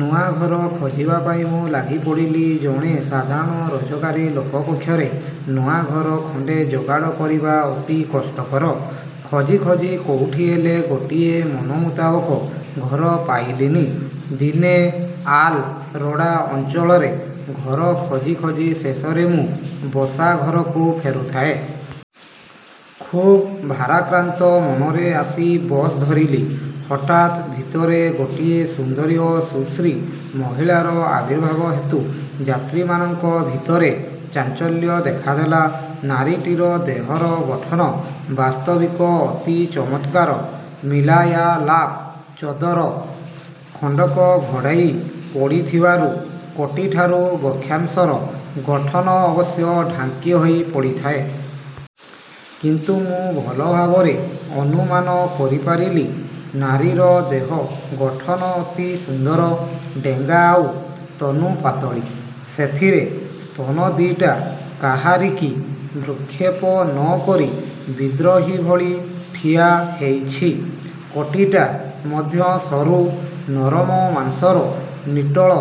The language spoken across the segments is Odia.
ନୂଆ ଘର ଖୋଜିବା ପାଇଁ ମୁଁ ଲାଗିପଡ଼ିଲି। ଜଣେ ସାଧାରଣ ରୋଜଗାରୀ ଲୋକ ପକ୍ଷରେ ନୂଆଘର ଖଣ୍ଡେ ଯୋଗାଡ଼ କରିବା ଅତି କଷ୍ଟକର। ଖୋଜି ଖୋଜି କୋଉଠି ହେଲେ ଗୋଟିଏ ମନମୁତାବକ ଘର ପାଇଲିନି। ଦିନେ ଆଲ୍-ରୋଡ଼ା ଅଞ୍ଚଳରେ ଘର ଖୋଜି ଖୋଜି ଶେଷରେ ମୁଁ ବସା ଘରକୁ ଫେରୁଥାଏ। ଖୁବ୍ ଭାରାକ୍ରାନ୍ତ ମନରେ ଆସି ବସ୍ ଧରିଲି। ହଠାତ୍ ଭିତରେ ଗୋଟିଏ ସୁନ୍ଦରୀ ଓ ସୁଶ୍ରୀ ମହିଳାର ଆବିର୍ଭାବ ହେତୁ ଯାତ୍ରୀମାନଙ୍କ ଭିତରେ ଚାଞ୍ଚଲ୍ୟ ଦେଖାଦେଲା। ନାରୀଟିର ଦେହର ଗଠନ ବାସ୍ତବିକ ଅତି ଚମତ୍କାର 'ମିଲାୟା-ଲାଫ' ଚଦର ଖଣ୍ଡକ ଘୋଡ଼େଇ ପଡ଼ିଥିବାରୁ କଟିଠାରୁ ବକ୍ଷାଂଶର ଗଠନ ଅବଶ୍ୟ ଢାଙ୍କି ହୋଇ ପଡ଼ିଥାଏ। କିନ୍ତୁ ମୁଁ ଭଲ ଭାବରେ ଅନୁମାନ କରିପାରିଲି-। ନାରୀର ଦେହ ଗଠନ ଅତି ସୁନ୍ଦର, ଡେଙ୍ଗା ଆଉ ତନୁପାତଳୀ, ସେଥିରେ ସ୍ତନଦିଟା କାହାରିକି ଭ୍ରୂକ୍ଷେପ ନ କରି ବିଦ୍ରୋହୀଭଳି ଠିଆ ହେଇଛି। କଟିଟା ମଧ୍ୟ ସରୁ, ନରମ ମାଂସର ନିଟୋଳ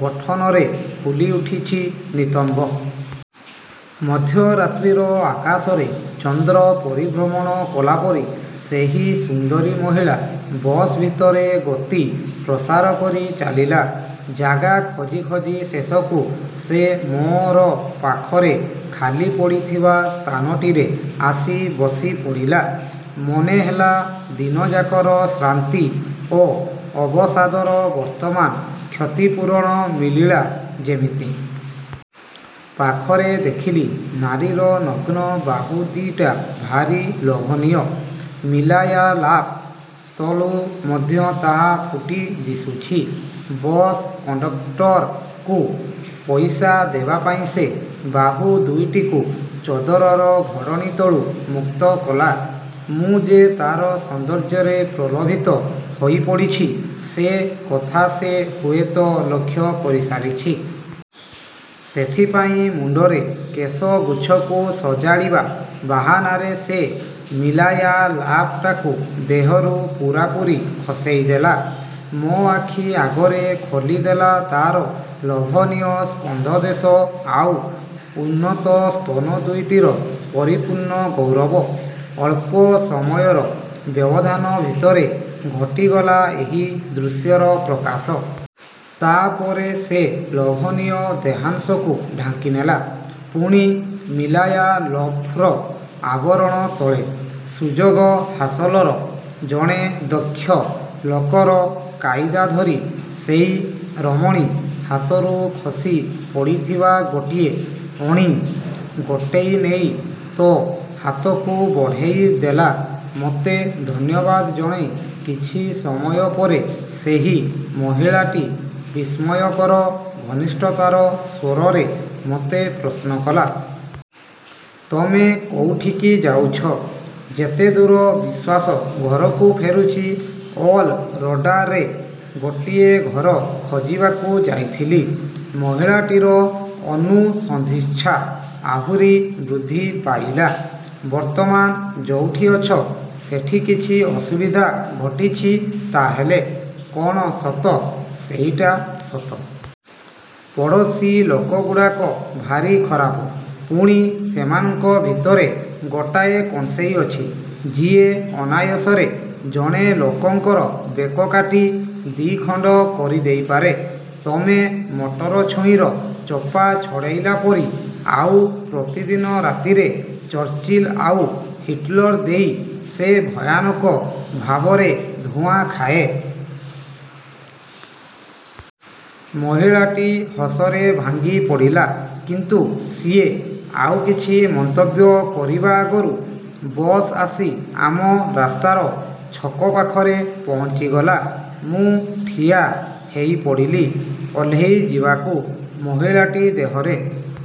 ଗଠନରେ ଫୁଲି ଉଠିଛି ନିତମ୍ବ। ମଧ୍ୟରାତ୍ରିର ଆକାଶରେ ଚନ୍ଦ୍ର ପରିଭ୍ରମଣ କଲାପରି ସେହି ସୁନ୍ଦରୀ ମହିଳା ବସ୍ ଭିତରେ ଗତି ପ୍ରସାରକରି ଚାଲିଲା। ଜାଗା ଖୋଜି ଖୋଜି ଶେଷକୁ ସେ ମୋର ପାଖରେ ଖାଲି ପଡ଼ିଥିବା ସ୍ଥାନଟିରେ ଆସି ବସି ପଡ଼ିଲା। ମନେହେଲା ଦିନଯାକର ଶ୍ରାନ୍ତି ଓ ଅବସାଦର ବର୍ତ୍ତମାନ କ୍ଷତିପୂରଣ ମିଳିଲା ଯେମିତି। ପାଖରେ ଦେଖିଲି, ନାରୀର ନଗ୍ନ ବାହୁଦିଟା ଭାରି ଲୋଭନୀୟ। ମିଲାୟା-ଲାଫ୍ ତଳୁ ମଧ୍ୟ ତାହା ଫୁଟି ଦିଶୁଛି। ବସ୍ କଣ୍ଡକଟରକୁ ପଇସା ଦେବାପାଇଁ ସେ ବାହୁ ଦୁଇଟିକୁ ଚଦରର ଘୋଡ଼ଣି ତଳୁ ମୁକ୍ତ କଲା। ମୁଁ ଯେ ତାର ସୌନ୍ଦର୍ଯ୍ୟରେ ପ୍ରଲୋଭିତ ହୋଇପଡ଼ିଛି, ସେ କଥା ସେ ହୁଏତ ଲକ୍ଷ୍ୟ କରିସାରିଛି। ସେଥିପାଇଁ ମୁଣ୍ଡର କେଶଗୁଚ୍ଛକୁ ସଜାଡ଼ିବା ବାହାନାରେ ସେ ମିଲାୟା-ଲାଫଟାକୁ ଦେହରୁ ପୁରାପୁରି ଖସାଇ ଦେଲା-। ମୋ ଆଖି ଆଗରେ ଖୋଲି ଦେଲା ତାର ଲୋଭନୀୟ ସ୍କନ୍ଧଦେଶ, ଆଉ ଉନ୍ନତ ସ୍ତନ ଦୁଇଟିର ପରିପୂର୍ଣ୍ଣ ଗୌରବ। ଅଳ୍ପ ସମୟର ବ୍ୟବଧାନ ଭିତରେ ଘଟିଗଲା ଏହି ଦୃଶ୍ୟର ପ୍ରକାଶ। ତାପରେ ସେ ଲୋଭନୀୟ ଦେହାଂଶକୁ ଢାଙ୍କିନେଲା ପୁଣି ମିଲାୟା-ଲଫର୍ ଆବରଣ ତଳେ। ସୁଯୋଗ ହାସଲର ଜଣେ ଦକ୍ଷ ଲୋକର କାଇଦା ଧରି ସେଇ ରମଣୀ ହାତରୁ ଖସି ପଡ଼ିଥିବା ଗୋଟିଏ। ଅଣି ଗୋଟେଇ ନେଇ ତ ହାତକୁ ବଢ଼େଇ ଦେଲା। ମତେ ଧନ୍ୟବାଦ୍ ଜଣାଇ କିଛି ସମୟ ପରେ ସେହି ମହିଳାଟି ବିସ୍ମୟକର ଘନିଷ୍ଠତାର ସ୍ୱରରେ ମୋତେ ପ୍ରଶ୍ନ କଲା। "ତମେ କୋଉଠିକି ଯାଉଛ? " "ଯେତେଦୂର ବିଶ୍ୱାସ ଘରକୁ ଫେରୁଛି। " "ଅଲ୍-ରୋଡ଼ାରେ ଗୋଟିଏ ଘର ଖୋଜିବାକୁ ଯାଇଥିଲି। " ମହିଳାଟିର ଅନୁସନ୍ଧିତ୍ସା ଆହୁରି ବୃଦ୍ଧି ପାଇଲା। "ବର୍ତ୍ତମାନ ଯୋଉଠି ଅଛ, ସେଠି କିଛି ଅସୁବିଧା ଘଟିଛି ତା' ହେଲେ। କଣ ସତ? " "ସେଇଟା ସତ। ପଡ଼ୋଶୀ ଲୋକଗୁଡ଼ାକ ଭାରି ଖରାପ, ପୁଣି, ସେମାନଙ୍କ ଭିତରେ ଗୋଟାଏ କଂସେଇ ଅଛି, ଯିଏ ଅନାୟାସରେ ଜଣେ ଲୋକଙ୍କର ବେକ କାଟି ଦିଖଣ୍ଡ କରିଦେଇପାରେ, ତମେ ମଟର ଛୁଇଁର ଚୋପା ଛଡ଼େଇଲା ପରି; ଆଉ ପ୍ରତିଦିନ ରାତିରେ ଚର୍ଚ୍ଚିଲ ଆଉ ହିଟଲର୍ ଦେଇ ସେ ଭୟାନକ ଭାବରେ ଧୂଆଁ ଖାଏ... " ମହିଳାଟି ହସରେ ଭାଙ୍ଗି ପଡ଼ିଲା। କିନ୍ତୁ ସିଏ ଆଉ କିଛି ମନ୍ତବ୍ୟ କରିବା ଆଗରୁ ବସ୍ ଆସି ଆମ ରାସ୍ତାର ଛକ ପାଖରେ ପହଞ୍ଚିଗଲା। ମୁଁ ଠିଆ ହେଇପଡ଼ିଲି ଓହ୍ଲେଇ ଯିବାକୁ। ମହିଳାଟି ଦେହରେ